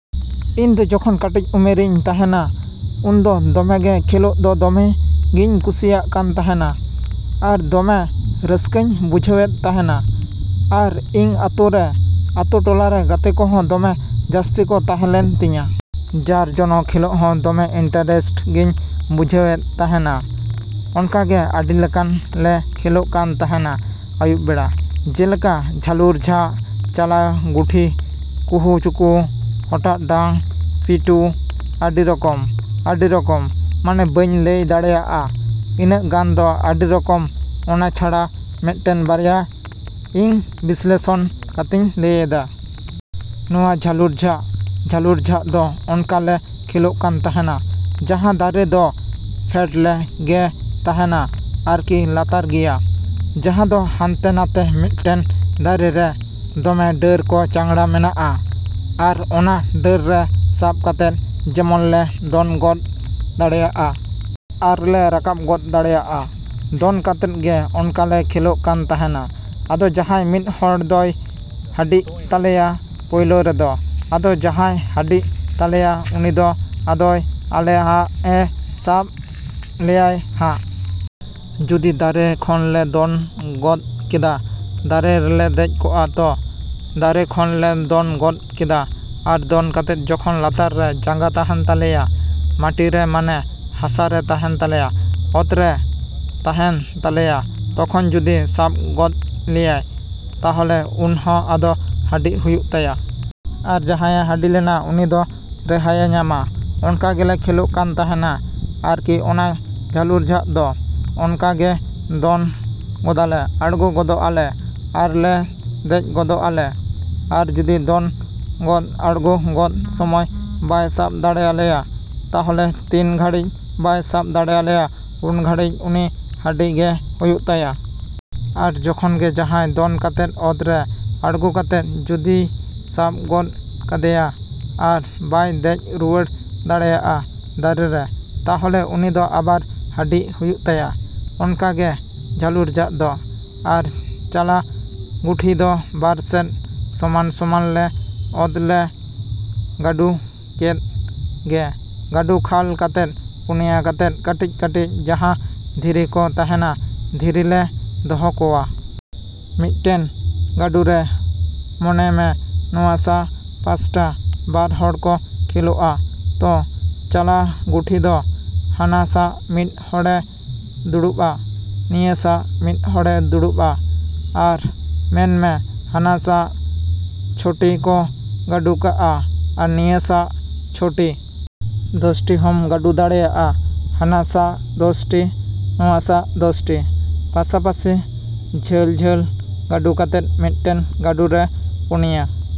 ᱤᱧ ᱫᱚ ᱡᱚᱠᱷᱚᱱ ᱠᱟᱹᱴᱤᱡ ᱩᱢᱮᱨᱤᱧ ᱛᱟᱦᱮᱱᱟ, ᱩᱱᱫᱚ ᱫᱚᱢᱮ ᱜᱮ ᱠᱷᱮᱞᱳᱜ ᱫᱚ ᱫᱚᱢᱮ ᱜᱤᱧ ᱠᱩᱥᱤᱭᱟᱜ ᱠᱟᱱ ᱛᱟᱦᱮᱱᱟ᱾ ᱟᱨ ᱫᱚᱢᱮ ᱨᱟᱹᱥᱠᱟᱹᱧ ᱵᱩᱡᱷᱟᱹᱣᱮᱫ ᱛᱟᱦᱮᱱᱟ᱾ ᱟᱨ ᱤᱧ ᱟᱛᱳ ᱨᱮ, ᱟᱛᱳᱼᱴᱚᱞᱟ ᱨᱮ ᱜᱟᱛᱮ ᱠᱚᱦᱚᱸ ᱫᱚᱢᱮ ᱡᱟᱹᱥᱛᱤ ᱠᱚ ᱛᱟᱦᱮᱸ ᱞᱮᱱ ᱛᱤᱧᱟ᱾ ᱡᱟᱨ ᱡᱚᱱᱚ ᱠᱷᱮᱞᱳᱜ ᱦᱚᱸ ᱫᱚᱢᱮ ᱤᱱᱴᱟᱨᱮᱥᱴ ᱜᱤᱧ ᱵᱩᱡᱷᱟᱹᱣᱮᱫ ᱛᱟᱦᱮᱱᱟ᱾ ᱚᱱᱠᱟᱜᱮ ᱟᱹᱰᱤ ᱞᱮᱠᱟᱱ ᱞᱮ ᱠᱷᱮᱞᱳᱜ ᱠᱟᱱ ᱛᱟᱦᱮᱱᱟ ᱟᱭᱩᱵ ᱵᱮᱲᱟ᱾ ᱡᱮᱞᱮᱠᱟ ᱡᱷᱟᱹᱞᱩᱨ ᱡᱷᱟᱜ, ᱪᱟᱞᱟ ᱜᱩᱴᱷᱤ, ᱠᱩᱦᱩᱼᱪᱩᱠᱩ, ᱦᱚᱴᱟᱜ ᱰᱟᱝ, ᱯᱤᱴᱩ, ᱟᱹᱰᱤ ᱨᱚᱠᱚᱢᱼᱟᱹᱰᱤ ᱨᱚᱠᱚᱢ, ᱢᱟᱱᱮ ᱵᱟᱹᱧ ᱞᱟᱹᱭ ᱫᱟᱲᱮᱭᱟᱜᱼᱟ ᱤᱱᱟᱹᱜ ᱜᱟᱱ ᱫᱚ ᱟᱹᱰᱤ ᱨᱚᱠᱚᱢ ᱚᱱᱟ ᱪᱷᱟᱲᱟ ᱢᱤᱫᱴᱮᱱ ᱵᱟᱨᱭᱟ ᱤᱧ ᱵᱤᱥᱞᱮᱥᱚᱱ ᱠᱟᱛᱮᱧ ᱞᱟᱹᱭᱮᱫᱟ᱾ ᱱᱚᱣᱟ ᱡᱷᱟᱹᱞᱩᱨ ᱡᱷᱟᱜ, ᱡᱷᱟᱹᱞᱩᱨ ᱡᱷᱟᱜ ᱫᱚ ᱚᱱᱠᱟ ᱞᱮ ᱠᱷᱮᱞᱳᱜ ᱠᱟᱱ ᱛᱟᱦᱮᱱᱟ ᱡᱟᱦᱟᱸ ᱫᱟᱨᱮ ᱫᱚ ᱯᱷᱮᱴᱞᱮ ᱜᱮ ᱛᱟᱦᱮᱱᱟ ᱟᱨᱠᱤ ᱞᱟᱛᱟᱨ ᱜᱮᱭᱟ᱾ ᱡᱟᱦᱟᱸ ᱫᱚ ᱦᱟᱱᱛᱮ ᱱᱟᱛᱮ ᱢᱤᱫᱴᱮᱱ ᱫᱟᱨᱮ ᱨᱮ ᱫᱚᱢᱮ ᱰᱟᱹᱨ ᱠᱚ ᱪᱟᱝᱜᱽᱲᱟ ᱢᱮᱱᱟᱜᱼᱟ᱾ ᱟᱨ ᱚᱱᱟ ᱰᱟᱹᱨ ᱨᱮ ᱥᱟᱵ ᱠᱟᱛᱮᱫ ᱡᱮᱢᱚᱱ ᱞᱮ ᱫᱚᱱ ᱜᱚᱫ ᱫᱟᱲᱮᱜᱼᱟ᱾ ᱟᱨ ᱞᱮ ᱨᱟᱠᱟᱵ ᱜᱚᱫ ᱫᱟᱲᱮᱜᱼᱟ ᱫᱚᱱ ᱠᱟᱛᱮᱫ ᱜᱮ ᱚᱱᱠᱟ ᱞᱮ ᱠᱷᱮᱞᱳᱜ ᱠᱟᱱ ᱛᱟᱦᱮᱱᱟ᱾ ᱟᱫᱚ ᱡᱟᱦᱟᱸᱭ ᱢᱤᱫ ᱦᱚᱲ ᱫᱚᱭ ᱦᱟᱹᱰᱤᱜ ᱛᱟᱞᱮᱭᱟ ᱯᱳᱭᱞᱳ ᱨᱮᱫᱚ᱾ ᱟᱫᱚ ᱡᱟᱦᱟᱸᱭ ᱦᱟᱹᱰᱤᱜ ᱛᱟᱞᱮᱭᱟᱭ ᱩᱱᱤ ᱫᱚ ᱟᱫᱚᱭ ᱟᱞᱮ ᱦᱟᱸᱜᱼᱮ ᱥᱟᱵ ᱞᱮᱭᱟᱭ ᱦᱟᱸᱜ᱾ ᱡᱩᱫᱤ ᱫᱟᱨᱮ ᱠᱷᱚᱱ ᱞᱮ ᱫᱚᱱ ᱜᱚᱫ ᱠᱮᱫᱟ, ᱫᱟᱨᱮ ᱨᱮᱞᱮ ᱫᱮᱡ ᱠᱚᱜᱼᱟ ᱛᱚ, ᱫᱟᱨᱮ ᱠᱷᱚᱱ ᱞᱮ ᱫᱚᱱ ᱜᱚᱫ ᱠᱮᱫᱟ᱾ ᱟᱨ ᱫᱚᱱ ᱠᱟᱛᱮ ᱡᱚᱠᱷᱚᱱ ᱞᱟᱛᱟᱨ ᱨᱮ ᱡᱟᱸᱜᱟ ᱛᱟᱦᱮᱱ ᱛᱟᱞᱮᱭᱟ, ᱢᱟᱴᱤ ᱨᱮ ᱢᱟᱱᱮ, ᱦᱟᱥᱟ ᱨᱮ ᱛᱟᱦᱮᱱ ᱛᱟᱞᱮᱭᱟ, ᱚᱛ ᱨᱮ ᱛᱟᱦᱮᱱ ᱛᱟᱞᱮᱭᱟ ᱛᱚᱠᱷᱚᱱ ᱡᱩᱫᱤ ᱥᱟᱵ ᱜᱚᱫ ᱞᱮᱭᱟ ᱛᱟᱦᱞᱮ ᱩᱱᱦᱚ ᱟᱫᱚ ᱦᱟᱹᱰᱤᱜ ᱦᱩᱭᱩᱜ ᱛᱟᱭᱟ᱾ ᱟᱨ ᱡᱟᱦᱟᱸᱭᱮ ᱦᱟᱹᱰᱤ ᱞᱮᱱᱟ ᱩᱱᱤ ᱫᱚ ᱨᱮᱦᱟᱭᱮ ᱧᱟᱢᱟ, ᱚᱱᱠᱟ ᱜᱮᱞᱮ ᱠᱷᱮᱞᱳᱜ ᱠᱟᱱ ᱛᱟᱦᱮᱱᱟ ᱟᱨᱠᱤ ᱚᱱᱟ ᱡᱷᱟᱹᱞᱩᱨ ᱡᱷᱟᱜ ᱫᱚ᱾ ᱚᱱᱠᱟ ᱜᱮ ᱫᱚᱱ ᱜᱚᱫᱟᱞᱮ ᱟᱲᱜᱳ ᱜᱚᱫᱚᱜᱼᱟᱞᱮ ᱟᱨ ᱞᱮ ᱫᱮᱡ ᱜᱚᱫᱚᱜᱼᱟᱞᱮ᱾ ᱟᱨ ᱡᱩᱫᱤ ᱫᱚᱱ ᱜᱚᱫ ᱟᱲᱜᱳ ᱜᱚᱫ ᱥᱚᱢᱚᱭ ᱵᱟᱭ ᱥᱟᱵ ᱫᱟᱲᱮᱭᱟᱞᱮᱭᱟ ᱛᱟᱦᱞᱮ ᱛᱤᱱ ᱜᱷᱟᱹᱲᱤᱡ ᱵᱟᱭ ᱥᱟᱵ ᱫᱟᱲᱮᱭᱟᱞᱮ ᱩᱱ ᱜᱷᱟᱹᱲᱤᱡ ᱩᱱᱤ ᱦᱟᱹᱰᱤᱜ ᱜᱮ ᱦᱩᱭᱩᱜ ᱛᱟᱭᱟ᱾ ᱟᱨ ᱡᱚᱠᱷᱚᱱ ᱜᱮ ᱡᱟᱦᱟᱸᱭ ᱫᱚᱱ ᱠᱟᱛᱮ ᱚᱛ ᱨᱮ ᱟᱲᱜᱳ ᱠᱟᱛᱮ ᱡᱩᱫᱤᱭ ᱥᱟᱵ ᱜᱚᱫ ᱠᱟᱫᱮᱭᱟ ᱟᱨ ᱵᱟᱭ ᱫᱮᱡ ᱨᱩᱣᱟᱹᱲ ᱫᱟᱲᱮᱭᱟᱜᱼᱟ ᱫᱟᱨᱮ ᱨᱮ ᱛᱟᱦᱞᱮ ᱩᱱᱤ ᱟᱵᱟᱨ ᱦᱟᱹᱰᱤᱜ ᱦᱩᱭᱩᱜ ᱛᱟᱭᱟ᱾ ᱚᱱᱠᱟ ᱜᱮ ᱡᱷᱟᱹᱞᱩᱨ ᱡᱷᱟᱜ ᱫᱚ᱾ ᱟᱨ ᱪᱟᱞᱟ ᱜᱩᱴᱷᱤ ᱫᱚ ᱵᱟᱨ ᱥᱮᱫ ᱥᱚᱢᱟᱱᱼᱥᱚᱢᱟᱱ ᱞᱮ ᱚᱛ ᱞᱮ ᱜᱟᱹᱰᱩ ᱠᱮᱫ ᱜᱮ, ᱜᱟᱹᱰᱩ ᱠᱷᱟᱞ ᱠᱟᱛᱮ ᱯᱩᱱᱭᱟ ᱠᱟᱛᱮᱫ ᱠᱟᱹᱴᱤᱡᱼᱠᱟᱹᱴᱤᱡ ᱡᱟᱦᱟᱸ ᱫᱷᱤᱨᱤ ᱠᱚ ᱛᱟᱦᱮᱱᱟ, ᱫᱷᱤᱨᱤ ᱞᱮ ᱫᱚᱦᱚ ᱠᱚᱣᱟ᱾ ᱢᱤᱫᱴᱮᱱ ᱜᱟᱹᱰᱩ ᱨᱮ ᱢᱚᱱᱮ ᱢᱮ ᱱᱚᱣᱟ ᱥᱟ ᱯᱟᱥᱴᱟ ᱵᱟᱨ ᱦᱚᱲ ᱠᱚ ᱠᱷᱮᱞᱳᱜᱼᱟ ᱛᱚ ᱪᱟᱞᱟ ᱜᱩᱴᱷᱤ ᱫᱚ᱾ ᱦᱟᱱᱟ ᱥᱟ ᱢᱤᱫ ᱦᱚᱲᱮ ᱫᱩᱲᱩᱵᱼᱟ, ᱱᱤᱭᱟᱹ ᱥᱟ ᱢᱤᱫ ᱦᱚᱲᱮ ᱫᱩᱲᱩᱵᱼᱟ᱾ ᱟᱨ ᱢᱮᱱᱢᱮ ᱦᱟᱱᱟ ᱥᱟ ᱪᱷᱚᱴᱤ ᱠᱚ ᱜᱟᱹᱰᱩ ᱠᱟᱜᱼᱟ ᱟᱨ ᱱᱤᱭᱟᱹ ᱥᱟ ᱪᱷᱚᱴᱤ᱾ ᱫᱚᱥᱴᱤ ᱦᱚᱸᱢ ᱜᱟᱹᱰᱩ ᱫᱟᱲᱮᱭᱟᱜᱼᱟ᱾ ᱦᱟᱱᱟ ᱥᱟ ᱫᱚᱥᱴᱤ, ᱱᱚᱣᱟ ᱥᱟ ᱫᱚᱥᱴᱤ᱾ ᱯᱟᱥᱟᱯᱟᱹᱥᱤ ᱡᱷᱟᱹᱞᱼᱡᱷᱟᱹᱞ᱾ ᱜᱟᱹᱰᱩ ᱠᱟᱛᱮ ᱢᱤᱫᱴᱮᱱ ᱜᱟᱹᱰᱩ ᱨᱮ ᱯᱩᱱᱭᱟ᱾